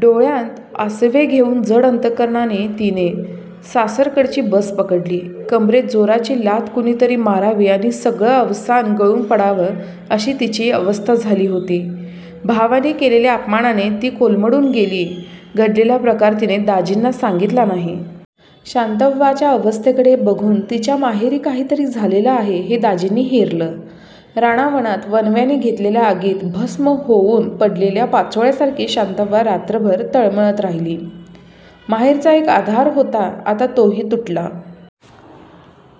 डोळ्यांत आसवे घेऊन जड अंतकरणाने तिने सासरकडची बस पकडली. कंबरेत जोराची लाथ कुणी तरी मारावी आणि सगळं अवसान गळून पडावं अशी तिची अवस्था झाली होती. भावाने केलेल्या अपमानाने ती कोलमडून गेली. घडलेला प्रकार तिने दाजींना सांगितला नाही. शांतव्वाच्या अवस्थेकडे बघून तिच्या माहेरी काही तरी झालेलं आहे हे दाजींनी हेरलं. राना वनात वणव्याने घेतलेल्या आगीत भस्म होऊन पडलेल्या पाचोळ्यासारखी शांतव्वा रात्रभर तळमळत राहिली. माहेरचा एक आधार होता आता तो हि तुटला.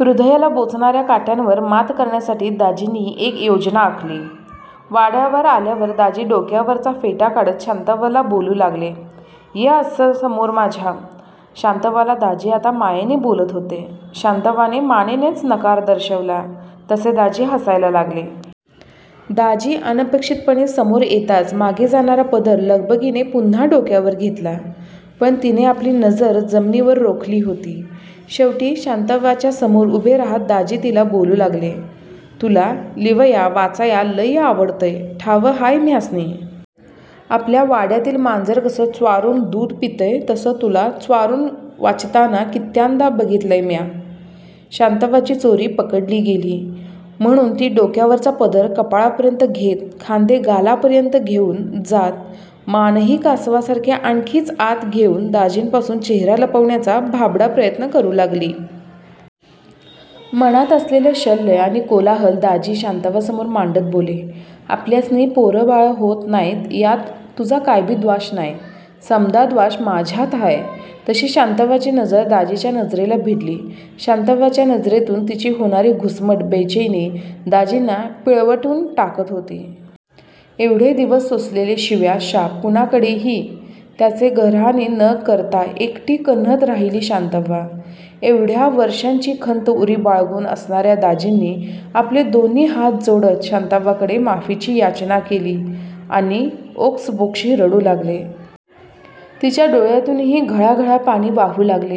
हृदयाला बोचणाऱ्या काट्यांवर मात करण्यासाठी दाजींनी एक योजना आखली. वाड्यावर आल्यावर दाजी डोक्यावरचा फेटा काढत शांतव्वाला बोलू लागले, "ये अस्सं समोर माझ्या". शांतव्वाला दाजी आता मायेने बोलत होते. शांतव्वाने मानेनेच नकार दर्शवला. तसे दाजी हसायला लागले. दाजी अनपेक्षितपणे समोर येताच मागे जाणारा पदर लगबगीने पुन्हा डोक्यावर घेतला. पण तिने आपली नजर जमिनीवर रोखली होती. शेवटी शांतव्वाच्यासमोर उभे राहत दाजी तिला बोलू लागले, "तुला लिवया वाचया लयं आवडतंय ठावं हाय म्यास्नी. आपल्या वाड्यातील मांजर कसं च्वारुन दूध पितया तसं तुला च्वारुन वाचितांना कीत्यानंदा बघितल्या म्या". शांतव्वाची चोरी पकडली गेली म्हणून ती डोक्यावरचा पदर कपाळापर्यंत घेत खांदे गालापर्यंत घेऊन जात मान हि कासवासारखी आणखीनच आत घेऊन दाजींपासून चेहरा लपवण्याचा भाबडा प्रयत्न करू लागली. मनांत असलेले शल्य आणि कोलाहल दाजी शांतव्वासमोर मांडत बोले, "आपल्यास्नी पोर बाळ होत नाय यात तुझा काय बी द्वाश नाय. समदा द्वाश माझ्यात हाय. " तशी शांतव्वाची नजर दाजीच्या नजरेला भिडली. शांतव्वाच्या नजरेतून तिची होणारी घुसमट, बैचेनी दाजींना पिळवटून टाकत होती. एवढे दिवस सोसलेले शिव्या शाप कुणाकडे हि त्याचे गराहने न करता एकटी कण्हत राहिली शांतव्वा. एवढ्या वर्षांची खंत उरी बाळगून असणाऱ्या दाजींनी आपले दोन्ही हात जोडत शांतव्वाकडे माफीची याचना केली आणि ओक्सबोक्शी रडू लागले. तिच्या डोळ्यांतून हि घळा घळा पाणी वाहू लागले.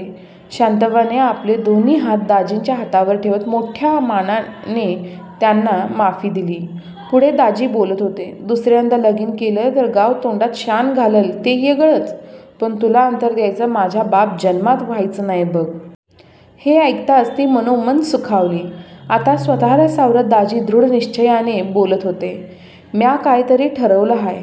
शांतव्वाने आपले दोन्ही हात दाजींच्या हातावर ठेवत मोठया मानाने त्यांना माफी दिली. पुढे दाजी बोलत होते, "दुसऱ्यांदा लगीन केलं तर गाव तोंडात शानं घाललं ते येगळंच पण तुला अंतर द्यायचं माझ्या बाप जन्मात व्हायाचं नाय बघ. हे ऐकताच ती मनोमन सुखावली. आता स्वतःला सावरत दाजी दृढ निश्च्याने बोलत होते, "म्या काय तरी ठरवलं हाय.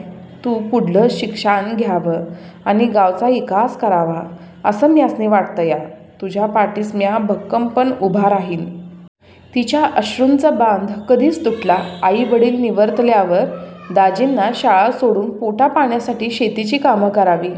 तु पुढलं शिकशान घ्यावं आणि गावचा इकास करावा असं म्यास्नी वाटतया. तुझ्या पाठीस म्या भक्कमपण उभा राहीन". तिच्या अश्रूंचा बांध कधीच तुटला. आई वडील निवर्तल्यावर दाजींना शाळा सोडून पोटा पाण्यासाठी शेतीची कामं करावी